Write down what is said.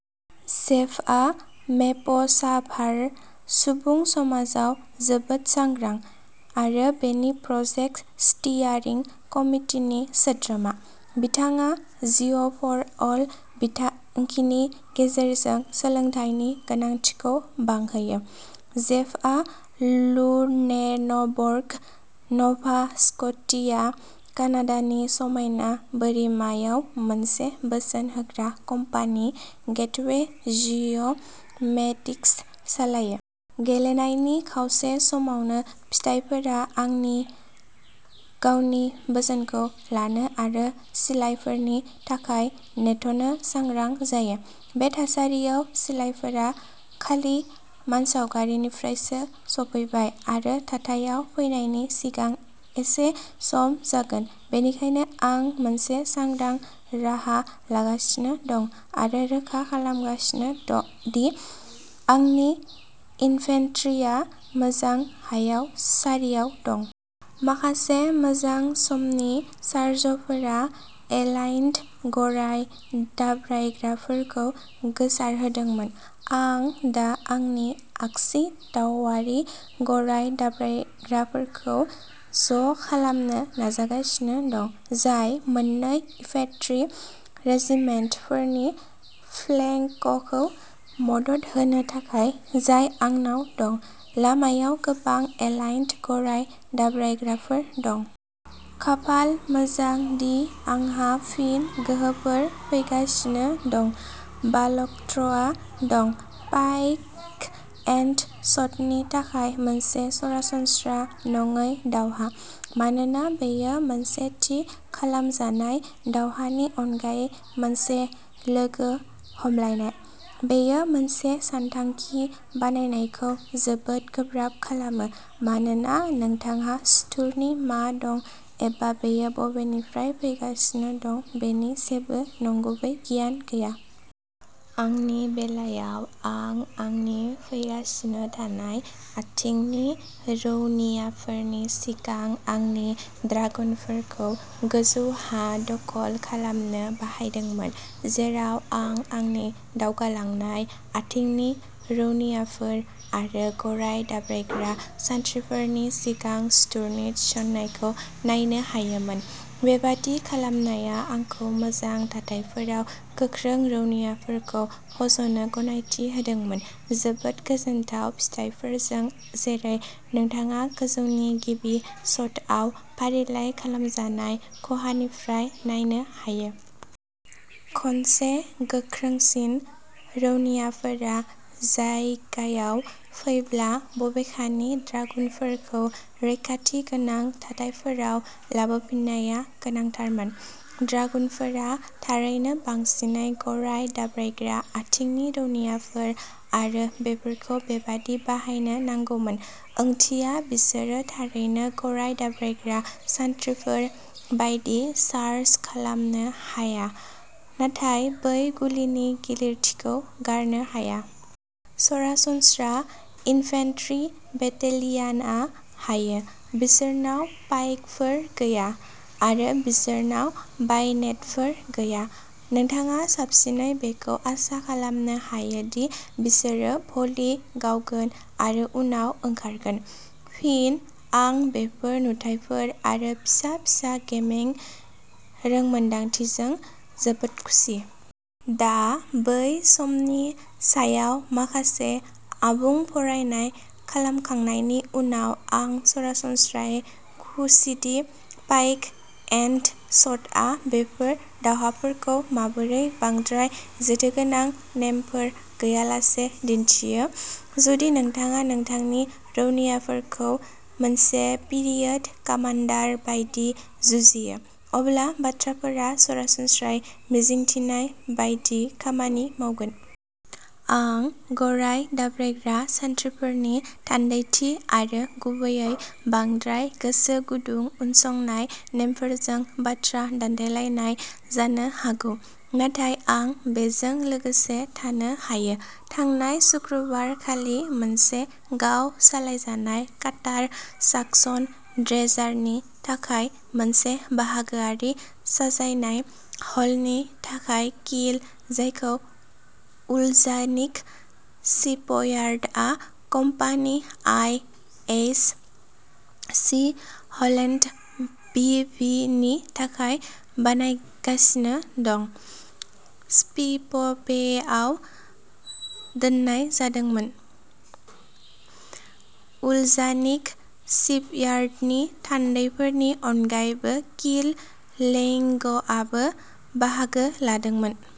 जेफआ मेपसार्भार सुबुं समाजाव जोबोद सांग्रां, आरो बेनि प्रजेक्ट स्टियारिं कमितिनि सोद्रोमा। बिथाङा जिअ'फरअल बिथांखिनि गेजेरजों सोलोंथाइनि गोनांथिखौ बांहोयो। जेफआ लुनेनबर्ग, न'भा स्क'टिया, कानाडानि समायना बोरिमायाव मोनसे बोसोन होग्रा कम्पानि, गेटवे जिअ'मेटिक्स सालायो। गेलेनायनि खावसे समावनो फिथायफोरा आंनि गावनि बोसोनखौ लानो आरो सिलाइफोरनि थाखाय नेथ'नो सांग्रां जायो। बे थासारियाव, सिलाइफोरा खालि मानसावगारिनिफ्रायसो सफैबाय आरो थाथायाव फैनायनि सिगां एसे सम जागोन। बेनिखायनो, आं मोनसे सांग्रां राहा लागासिनो दं आरो रोखा खालामगासिनो दि आंनि इन्फेन्ट्रिआ मोजां हायाव सारियाव दं। माखासे मोजां समनि चार्जफोरा एलाइड गराय दाब्रायग्राफोरखौ गोसारहोदोंमोन। आं दा आंनि आगसि दावआरि गराय दाब्रायग्राफोरखौ ज' खालामनो नाजागासिनो दं, जाय मोन्नै इन्फेन्ट्रि रेजिमेन्टफोरनि फ्लेंकखौ मदद होनो थाखाय जाय आंनाव दं। लामायाव गोबां एलाइड गराय दाब्रायग्राफोर दं। खाफाल मोजां दि आंहा फिन गोहोफोर फैगासिनो दं। वालक'र्टआ दं। पाइक एन्ड शटनि थाखाय मोनसे सरासनस्रा नङै दावहा, मानोना बेयो मोनसे थि खालामजानाय दावहानि अनगायै मोनसे लोगो हमलायनाय। बेयो मोनसे सानथांखि बानायनायखौ जोबोद गोब्राब खालामो, मानोना नोंथांहा सुथुरनि मा दं एबा बेयो बबेनिफ्राय फैगासिनो दं बेनि जेबो नंगुबै गियान गैया। आंनि बेलायाव, आं आंनि फैगासिनो थानाय आथिंनि रौनियाफोरनि सिगां आंनि ड्रागुनफोरखौ गोजौ हा दखल खालामनो बाहायदोंमोन, जेराव आं आंनि दावगालांनाय आथिंनि रौनियाफोर आरो गराय दाब्रायग्रा सान्थ्रिफोरनि सिगां सुथुरनि थिसननायखौ नायनो हायोमोन। बेबादि खालामनाया आंखौ मोजां थाथायफोराव गोख्रों रौनियाफोरखौ फज'नो गनायथि होदोंमोन जोबोद गोजोनथाव फिथायफोरजों, जेरै नोंथाङा गोजौनि गिबि शटआव फारिलाइ खालामजानाय खहानिफ्राय नायनो हायो। खनसे गोख्रोंसिन रौनियाफोरा जायगायाव फैब्ला, बबेखानि, ड्रागुनफोरखौ रैखाथि गोनां थाथायफोराव लाबोफिननाया गोनांथारमोन। ड्रागुनफोरा थारैनो बांसिनै गराय दाब्रायग्रा आथिंनि रौनियाफोर आरो बेफोरखौ बेबादि बाहायनो नांगौमोन। ओंथिया, बिसोरो थारैनो गराय दाब्रायग्रा सान्थ्रिफोर बायदि चार्ज खालामनो हाया, नाथाय बै गुलिनि गिलिरथिखौ गारनो हाया। सरासनस्रा इन्फेन्ट्रि बेटेलियानआ हायो। बिसोरनाव पाइकफोर गैया, आरो बिसोरनाव बायनेटफोर गैया। नोंथाङा साबसिनै बेखौ आसा खालामनो हायो दि बिसोरो भलि गावगोन आरो उनाव ओंखारगोन। फिन, आं बेफोर नुथायफोर आरो फिसा फिसा गेमिं रोंमोनदांथिजों जोबोद खुसि। दा बै समनि सायाव माखासे आबुं फरायनाय खालामखांनायनि उनाव आं सरासनस्रायै खुसिदि पाइक एन्ड शटआ बेफोर दावहाफोरखौ माबोरै बांद्राय जेथोगोनां नेमफोर गैयालासे दिन्थियो। जुदि नोंथाङा नोंथांनि रौनियाफोरखौ मोनसे पिरियड कामान्डार बायदि जुजियो, अब्ला बाथ्राफोरा सरासनस्रायै मिजिंथिनाय बायदि खामानि मावगोन। आं गराय दाब्रायग्रा सान्थ्रिफोरनि थान्दैथि आरो गुबैयै बांद्राय गोसो गुदुं उनसंनाय नेमफोरजों बाथ्रा दान्थेलायनाय जानो हागौ, नाथाय आं बेजों लोगोसे थानो हायो। थांनाय सुक्रुबार खालि मोनसे गाव सालायजानाय काटार साकसन ड्रेजारनि थाखाय मोनसे बाहागोआरि साजायनाय हलनि थाखाय किल, जायखौ उलजानिक शिपयार्डआ company I H C Holland B V नि थाखाय बानायगासिनो दं, स्लिपवेआव दोननाय जादोंमोन। उलजानिक शिपयार्डनि थान्दैफोरनि अनगायैबो, किल लेइंगआबो बाहागो लादोंमोन।